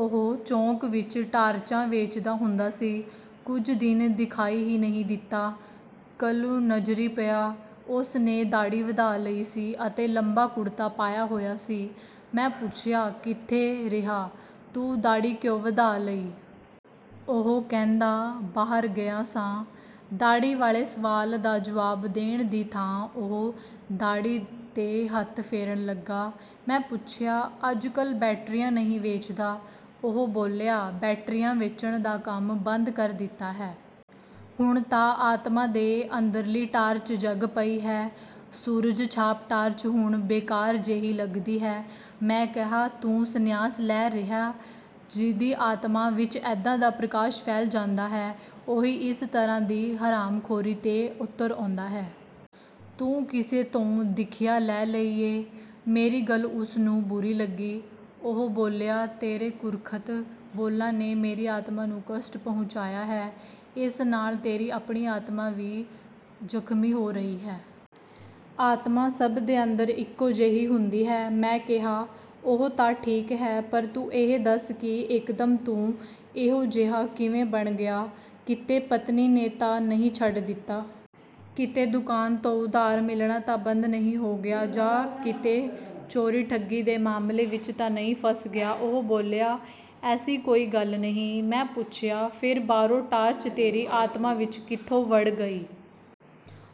ਉਹ ਚੌਂਕ ਵਿੱਚ ਟਾਰਚਾਂ ਵੇਚਦਾ ਹੁੰਦਾ ਸੀ। ਕੁਝ ਦਿਨ ਦਿਖਾਈ ਹੀ ਨਹੀਂ ਦਿੱਤਾ। ਕੱਲ੍ਹ ਨਜ਼ਰੀਂ ਪਿਆ। ਉਸ ਨੇ ਦਾੜ੍ਹੀ ਵਧਾ ਲਈ ਸੀ ਅਤੇ ਲੰਬਾ ਕੁੜਤਾ ਪਾਇਆ ਹੋਇਆ ਸੀ। ਮੈਂ ਪੁੱਛਿਆ, "ਕਿੱਥੇ ਰਿਹਾ? ਤੂੰ ਦਾੜ੍ਹੀ ਕਿਉਂ ਵਧਾ ਲਈ?" ਉਹ ਕਹਿੰਦਾ, "ਬਾਹਰ ਗਿਆ ਸਾਂ।" ਦਾੜ੍ਹੀ ਵਾਲੇ ਸਵਾਲ ਦਾ ਜਵਾਬ ਦੇਣ ਦੀ ਥਾਂ ਉਹ ਦਾੜ੍ਹੀ 'ਤੇ ਹੱਥ ਫੇਰਨ ਲੱਗਾ। ਮੈਂ ਪੁੱਛਿਆ, "ਅੱਜਕੱਲ੍ਹ ਬੈਟਰੀਆਂ ਨਹੀਂ ਵੇਚਦਾ?" ਉਹ ਬੋਲਿਆ, "ਬੈਟਰੀਆਂ ਵੇਚਣ ਦਾ ਕੰਮ ਬੰਦ ਕਰ ਦਿੱਤਾ ਹੈ। ਹੁਣ ਤਾਂ ਆਤਮਾ ਦੇ ਅੰਦਰਲੀ ਟਾਰਚ ਜਗ ਪਈ ਹੈ। ਸੂਰਜ ਛਾਪ ਟਾਰਚ ਹੁਣ ਬੇਕਾਰ ਜੇਹੀ ਲੱਗਦੀ ਹੈ।" ਮੈਂ ਕਿਹਾ, "ਤੂੰ ਸੰਨਿਆਸ ਲੈ ਰਿਹੈਂ? ਜਿਹਦੀ ਆਤਮਾ ਵਿੱਚ ਐਦਾਂ ਦਾ ਪ੍ਰਕਾਸ਼ ਫੈਲ ਜਾਂਦਾ ਹੈ, ਉਹੀ ਇਸ ਤਰ੍ਹਾਂ ਦੀ ਹਰਾਮਖੋਰੀ 'ਤੇ ਉਤਰ ਆਉਂਦਾ ਹੈ। ਤੂੰ ਕਿਸੇ ਤੋਂ ਦੀਖਿਆ ਲੈ ਲਈ ਏ?" ਮੇਰੀ ਗੱਲ ਉਸ ਨੂੰ ਬੁਰੀ ਲੱਗੀ। ਉਹ ਬੋਲਿਆ, "ਤੇਰੇ ਕੁਰੱਖਤ ਬੋਲਾਂ ਨੇ ਮੇਰੀ ਆਤਮਾ ਨੂੰ ਕਸ਼ਟ ਪਹੁੰਚਾਇਆ ਹੈ। ਇਸ ਨਾਲ ਤੇਰੀ ਆਪਣੀ ਆਤਮਾ ਵੀ ਜ਼ਖਮੀ ਹੋ ਰਹੀ ਹੈ। ਆਤਮਾ ਸਭ ਦੇ ਅੰਦਰ ਇੱਕੋ ਜੇਹੀ ਹੁੰਦੀ ਹੈ।" ਮੈਂ ਕਿਹਾ, "ਉਹ ਤਾਂ ਠੀਕ ਹੈ, ਪਰ ਤੂੰ ਇਹ ਦੱਸ ਕਿ ਇਕਦਮ ਤੂੰ ਇਹੋ ਜਿਹਾ ਕਿਵੇਂ ਬਣ ਗਿਆ? ਕਿਤੇ ਪਤਨੀ ਨੇ ਤਾਂ ਨਹੀਂ ਛੱਡ ਦਿੱਤਾ? ਕਿਤੇ ਦੁਕਾਨ ਤੋਂ ਉਧਾਰ ਮਿਲਣਾ ਤਾਂ ਬੰਦ ਨਹੀਂ ਹੋ ਗਿਆ? ਜਾਂ ਕਿਤੇ ਚੋਰੀ ਠੱਗੀ ਦੇ ਮਾਮਲੇ ਵਿੱਚ ਤਾਂ ਨਹੀਂ ਫਸ ਗਿਆ?" ਉਹ ਬੋਲਿਆ, "ਐਸੀ ਕੋਈ ਗੱਲ ਨਹੀਂ।" ਮੈਂ ਪੁੱਛਿਆ, "ਫੇਰ ਬਾਹਰੋਂ ਟਾਰਚ ਤੇਰੀ ਆਤਮਾ ਵਿੱਚ ਕਿੱਥੋਂ ਵੜ ਗਈ?"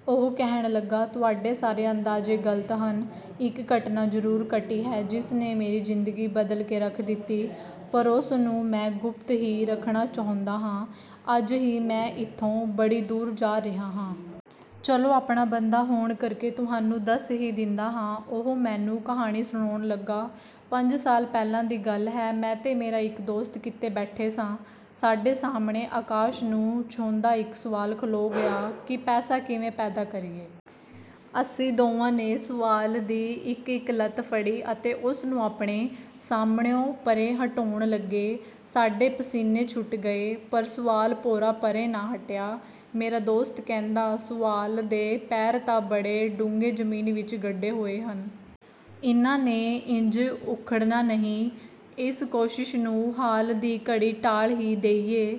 ਉਹ ਕਹਿਣ ਲੱਗਾ, "ਤੁਹਾਡੇ ਸਾਰੇ ਅੰਦਾਜ਼ੇ ਗ਼ਲਤ ਹਨ। ਇਕ ਘਟਨਾ ਜ਼ਰੂਰ ਘਟੀ ਹੈ ਜਿਸ ਨੇ ਮੇਰੀ ਜ਼ਿੰਦਗੀ ਬਦਲ ਕੇ ਰੱਖ ਦਿੱਤੀ। ਪਰ ਉਸ ਨੂੰ ਮੈਂ ਗੁਪਤ ਹੀ ਰੱਖਣਾ ਚਾਹੁੰਦਾ ਹਾਂ। ਅੱਜ ਹੀ ਮੈਂ ਇੱਥੋਂ ਬੜੀ ਦੂਰ ਜਾ ਰਿਹਾ ਹਾਂ। ਚੱਲੋ ਆਪਣਾ ਬੰਦਾ ਹੋਣ ਕਰਕੇ ਤੁਹਾਨੂੰ ਦੱਸ ਹੀ ਦਿੰਦਾ ਹਾਂ।" ਉਹ ਮੈਨੂੰ ਕਹਾਣੀ ਸੁਣਾਉਣ ਲੱਗਾ। ਪੰਜ ਸਾਲ ਪਹਿਲਾਂ ਦੀ ਗੱਲ ਹੈ। ਮੈਂ ਤੇ ਮੇਰਾ ਇਕ ਦੋਸਤ ਕਿਤੇ ਬੈਠੇ ਸਾਂ। ਸਾਡੇ ਸਾਹਮਣੇ ਆਕਾਸ਼ ਨੂੰ ਛੂੰਹਦਾ ਇਕ ਸੁਆਲ ਖਲੋ ਗਿਆ ਕਿ "ਪੈਸਾ ਕਿਵੇਂ ਪੈਦਾ ਕਰੀਏ?" ਅਸੀਂ ਦੋਵਾਂ ਨੇ ਸੁਆਲ ਦੀ ਇਕ ਇਕ ਲੱਤ ਫੜੀ ਅਤੇ ਉਸ ਨੂੰ ਆਪਣੇ ਸਾਹਮਣਿਉਂ ਪਰ੍ਹੇ ਹਟਾਉਣ ਲੱਗੇ। ਸਾਡੇ ਪਸੀਨੇ ਛੁੱਟ ਗਏ, ਪਰ ਸੁਆਲ ਭੋਰਾ ਪਰ੍ਹੇ ਨਾ ਹਟਿਆ। ਮੇਰਾ ਦੋਸਤ ਕਹਿੰਦਾ "ਸੁਆਲ ਦੇ ਪੈਰ ਤਾਂ ਬੜੇ ਡੂੰਘੇ ਜ਼ਮੀਨ ਵਿੱਚ ਗੱਡੇ ਹੋਏ ਹਨ। ਇਨ੍ਹਾਂ ਨੇ ਇੰਝ ਉੱਖੜਨਾ ਨਹੀਂ। ਇਸ ਕੋਸ਼ਿਸ਼ ਨੂੰ ਹਾਲ ਦੀ ਘੜੀ ਟਾਲ ਹੀ ਦੇਈਏ।"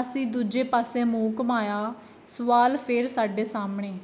ਅਸੀਂ ਦੂਜੇ ਪਾਸੇ ਮੂੰਹ ਘੁੰਮਾਇਆ। ਸੁਆਲ ਫੇਰ ਸਾਡੇ ਸਾਹਮਣੇ